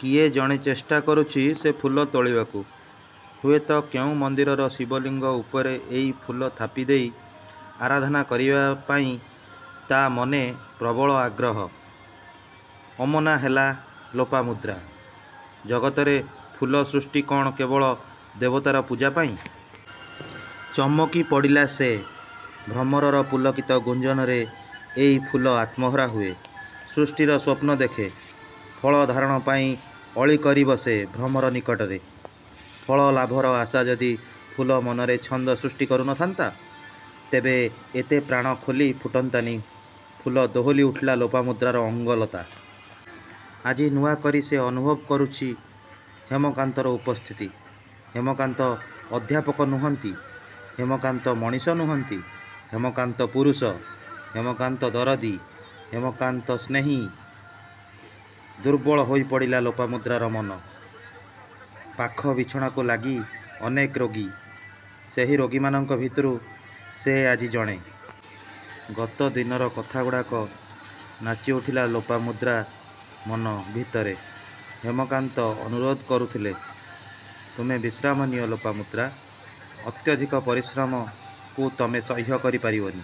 କିଏ ଜଣେ ଚେଷ୍ଟାକରୁଛି ସେ ଫୁଲ ତୋଳିବାକୁ। ହୁଏତ କେଉଁ ମନ୍ଦିରର ଶିବଲିଙ୍ଗ ଉପରେ ଏଇ ଫୁଲ ଥାପି ଦେଇ ଆରାଧନା କରିବା ପାଇଁ ତା' ମନେ ପ୍ରବଳ ଆଗ୍ରହ। ଅମନା ହେଲା ଲୋପାମୁଦ୍ରା। ଜଗତରେ ଫୁଲ ସୃଷ୍ଟି କ'ଣ କେବଳ ଦେବତାର ପୂଜା ପାଇଁ? ଚମକି ପଡ଼ିଲା ସେ। ଭ୍ରମରର ପୁଲକିତ ଗୁଞ୍ଜନରେ ଏଇ ଫୁଲ ଆତ୍ମହରା ହୁଏ। ସୃଷ୍ଟିର ସ୍ୱପ୍ନ ଦେଖେ। ଫଳ ଧାରଣ ପାଇଁ ଅଳିକରି ବସେ ଭ୍ରମର ନିକଟରେ। ଫଳଲାଭର ଆଶା ଯଦି ଫୁଲ ମନରେ ଛନ୍ଦ ସୃଷ୍ଟି କରୁ ନ ଥାନ୍ତା.. ତେବେ ଏତେ ପ୍ରାଣ ଖୋଲି ଫୁଟନ୍ତାନି ଫୁଲ ଦୋହଲି ଉଠିଲା ଲୋପାମୁଦ୍ରାର ଅଙ୍ଗଲତା। ଆଜି ନୂଆକରି ସେ ଅନୁଭବ କରୁଛି ହେମକାନ୍ତର ଉପସ୍ଥିତି। ହେମକାନ୍ତ ଅଧ୍ୟାପକ ନୁହଁନ୍ତି, ହେମକାନ୍ତ ମଣିଷ ନୁହଁନ୍ତି, ହେମକାନ୍ତ ପୁରୁଷ, ହେମକାନ୍ତ ଦରଦୀ, ହେମକାନ୍ତ ସ୍ନେହୀ। ଦୁର୍ବଳ ହୋଇପଡ଼ିଲା ଲୋପାମୁଦ୍ରାର ମନ। ପାଖ ବିଛଣାକୁ ଲାଗି ଅନେକ ରୋଗୀ। ସେହି ରୋଗୀମାନଙ୍କ ଭିତରୁ ସେ ଆଜି ଜଣେ। ଗତ ଦିନର କଥାଗୁଡ଼ାକ ନାଚିଉଠିଲା ଲୋପାମୁଦ୍ରା ମନ ଭିତରେ। ହେମକାନ୍ତ ଅନୁରୋଧ କରୁଥିଲେ-''ତୁମେ ବିଶ୍ରାମ ନିଅ ଲୋପାମୁଦ୍ରା। ଅତ୍ୟଧିକ ପରିଶ୍ରମକୁ ତୁମେ ସହ୍ୟ କରି ପାରିବନି।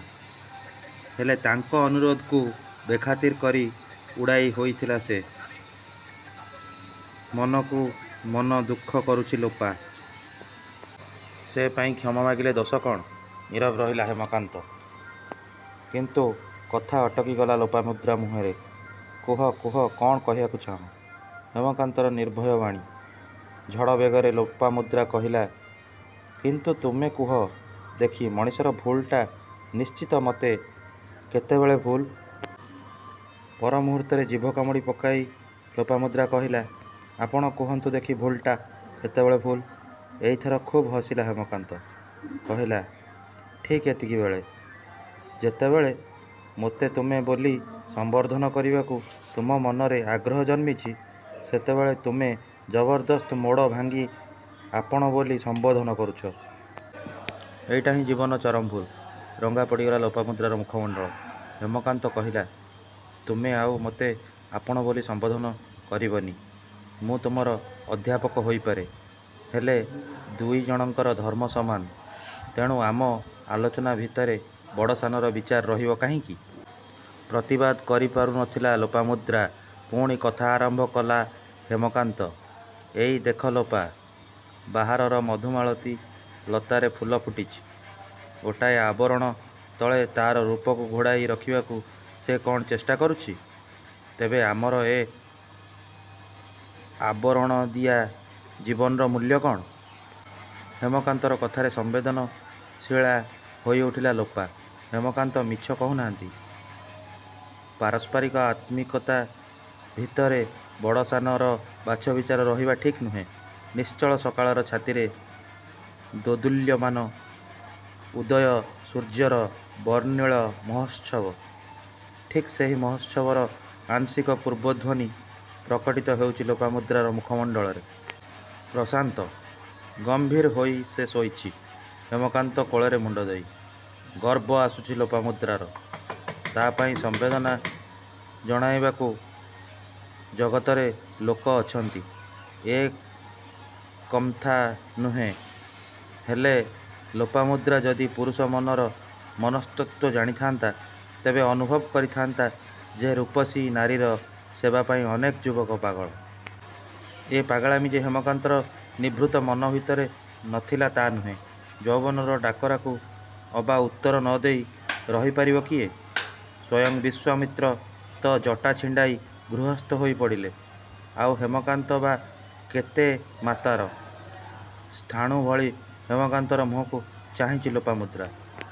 '' ହେଲେ ତାଙ୍କ ଅନୁରୋଧକୁ ବେଖାତିର କରି ଉଡ଼ାଇ ହେଇଥିଲା ସେ। ମନକୁ ମନ ଦୁଃଖ କରୁଛି ଲୋପା। ସେ ପାଇଁ କ୍ଷମାମାଗିଲେ ଦୋଷ କ'ଣ? '' ନୀରବ ରହିଲା ହେମକାନ୍ତ ''କିନ୍ତୁ'' କଥା ଅଟକିଗଲା ଲୋପାମୁଦ୍ରା ମୁହଁରେ। ''କୁହ କୁହ କ'ଣ କହିବାକୁ ଚାହଁ। '' ହେମକାନ୍ତର ନିର୍ଭୟ ବାଣୀ। ଝଡ଼ ବେଗରେ ଲୋପାମୁଦ୍ରା କହିଲା-''କିନ୍ତୁ ତୁମେ କୁହ ଦେଖି ମଣିଷର ଭୁଲଟା ନିଶ୍ଚିତମତେ କେତେବେଳେ ଭୁଲ୍। '' ପରମୁହୂର୍ତ୍ତରେ ଜିଭ କାମୁଡ଼ି ପକାଇ ଲୋପାମୁଦ୍ରା କହିଲା-''ଆପଣ କହନ୍ତୁ ଦେଖି ଭୁଲ୍ଟା କେତେବେଳେ ଭୁଲ୍। '' ଏଇଥର ଖୁବ୍ ହସିଲା ହେମକାନ୍ତ। କହିଲା-''ଠିକ୍ ଏତିକିବେଳେ। ଯେତେବେଳେ ମୋତେ 'ତୁମେ' ବୋଲି ସମ୍ବୋଧନ କରିବାକୁ ତୁମ ମନରେ ଆଗ୍ରହ ଜନ୍ମିଛି, ସେତେବେଳେ ତୁମେ ଜବରଦସ୍ତ ମୋଡ଼ ଭାଙ୍ଗି 'ଆପଣ' ବୋଲି ସମ୍ବୋଧନ କରୁଛ। ଏଇଟା ହିଁ ଜୀବନର ଚରମ ଭୁଲ୍। '' ରଙ୍ଗା ପଡ଼ିଗଲା ଲୋପାମୁଦ୍ରାର ମୁଖମଣ୍ତଳ। ହେମକାନ୍ତ କହିଲା-''ତୁମେ ଆଉ ମୋତେ ଆପଣ ବୋଲି ସମ୍ବୋଧନ କରିବନି। ମୁଁ ତୁମର ଅଧ୍ୟାପକ ହୋଇପାରେ। ହେଲେ ଦୁଇ ଜଣଙ୍କର ଧର୍ମ ସମାନ। ତେଣୁ ଆମ ଆଲୋଚନା ଭିତରେ ବଡ଼ ସାନର ବିଚାର ରହିବ କାହିଁକି? '' ପ୍ରତିବାଦ କରିପାରୁ ନ ଥିଲା ଲୋପାମୁଦ୍ରା ପୁଣି କଥା ଆରମ୍ଭ କଲା ହେମକାନ୍ତ-''ଏଇ ଦେଖ ଲୋପା! ବାହାରର ମଧୁମାଳତୀ ଲତାରେ ଫୁଲ ଫୁଟିଛି। ଗୋଟାଏ ଆବରଣ ତଳେ ତା'ର ରୂପକୁ ଘୋଡ଼ାଇ ରଖିବାକୁ ସେ କ'ଣ ଚେଷ୍ଟା କରୁଛି? ତେବେ ଆମର ଏ ଆବରଣଦିଆ ଜୀବନର ମୂଲ୍ୟ କ'ଣ? '' ହେମକାନ୍ତର କଥାରେ ସମ୍ବେଦନଶୀଳା ହୋଇଉଠିଲା ଲୋପା। ହେମକାନ୍ତ ମିଛ କହୁ ନାହାଁନ୍ତି। ପାରସ୍ପାରିକ ଆତ୍ମିକତା ଭିତରେ ବଡ଼ ସାନର ବାଛ ବିଚାର ରହିବା ଠିକ୍ ନୁହେଁ। ନିଶ୍ଚଳ ସକାଳର ଛାତିରେ ଦୋଦୁଲ୍ୟମାନ ଉଦୟ ସୂର୍ଯ୍ୟର ବର୍ଣ୍ଣିଳ ମହୋତ୍ସବ। ଠିକ୍ ସେହି ମହୋତ୍ସବର ଆଂଶିକ ପୂର୍ବଧ୍ୱନି ପ୍ରକଟିତ ହେଉଛି ଲୋପାମୁଦ୍ରାର ମୁଖମଣ୍ଡଳରେ। ପ୍ରଶାନ୍ତ, ଗମ୍ଭୀର ହୋଇ ସେ ଶୋଇଛି-ହେମକାନ୍ତ କୋଳରେ ମୁଣ୍ଡ ଦେଇ। ଗର୍ବ ଆସୁଛି ଲୋପାମୁଦ୍ରାର-। ତା' ପାଇଁ ସମବେଦନା ଜଣାଇବାକୁ ଜଗତରେ ଲୋକ ଅଛନ୍ତି ଏ କମ୍କଥା ନୁହେଁ। ହେଲେ ଲୋପାମୁଦ୍ରା ଯଦି ପୁରୁଷ ମନର ମନସ୍ତତ୍ୱ ଜାଣିଥା'ନ୍ତା.. ତେବେ ଅନୁଭବ କରିଥାନ୍ତା ଯେ ରୂପସୀ ନାରୀର ସେବା ପାଇଁ ଅନେକ ଯୁବକ ପାଗଳ। ଏ ପାଗଳାମୀ ଯେ ହେମକାନ୍ତର ନିଭୃତ ମନ ଭିତରେ ନ ଥିଲା ତା' ନୁହେଁ। ଯୌବନର ଡାକରାକୁ ଅବା ଉତ୍ତର ନ ଦେଇ ରହି ପାରିବ କିଏ? ସ୍ୱୟଂ ବିଶ୍ୱାମିତ୍ର ତ' ଜଟା ଛିଣ୍ଡାଇ ଗୃହସ୍ଥ ହୋଇ ପଡ଼ିଲେ-ଆଉ ହେମକାନ୍ତ ବା କେତେ ମାତର। ସ୍ଥାଣୁ ଭଳି ହେମକାନ୍ତର ମୁହଁକୁ ଚାହିଁଛି ଲୋପାମୁଦ୍ରା।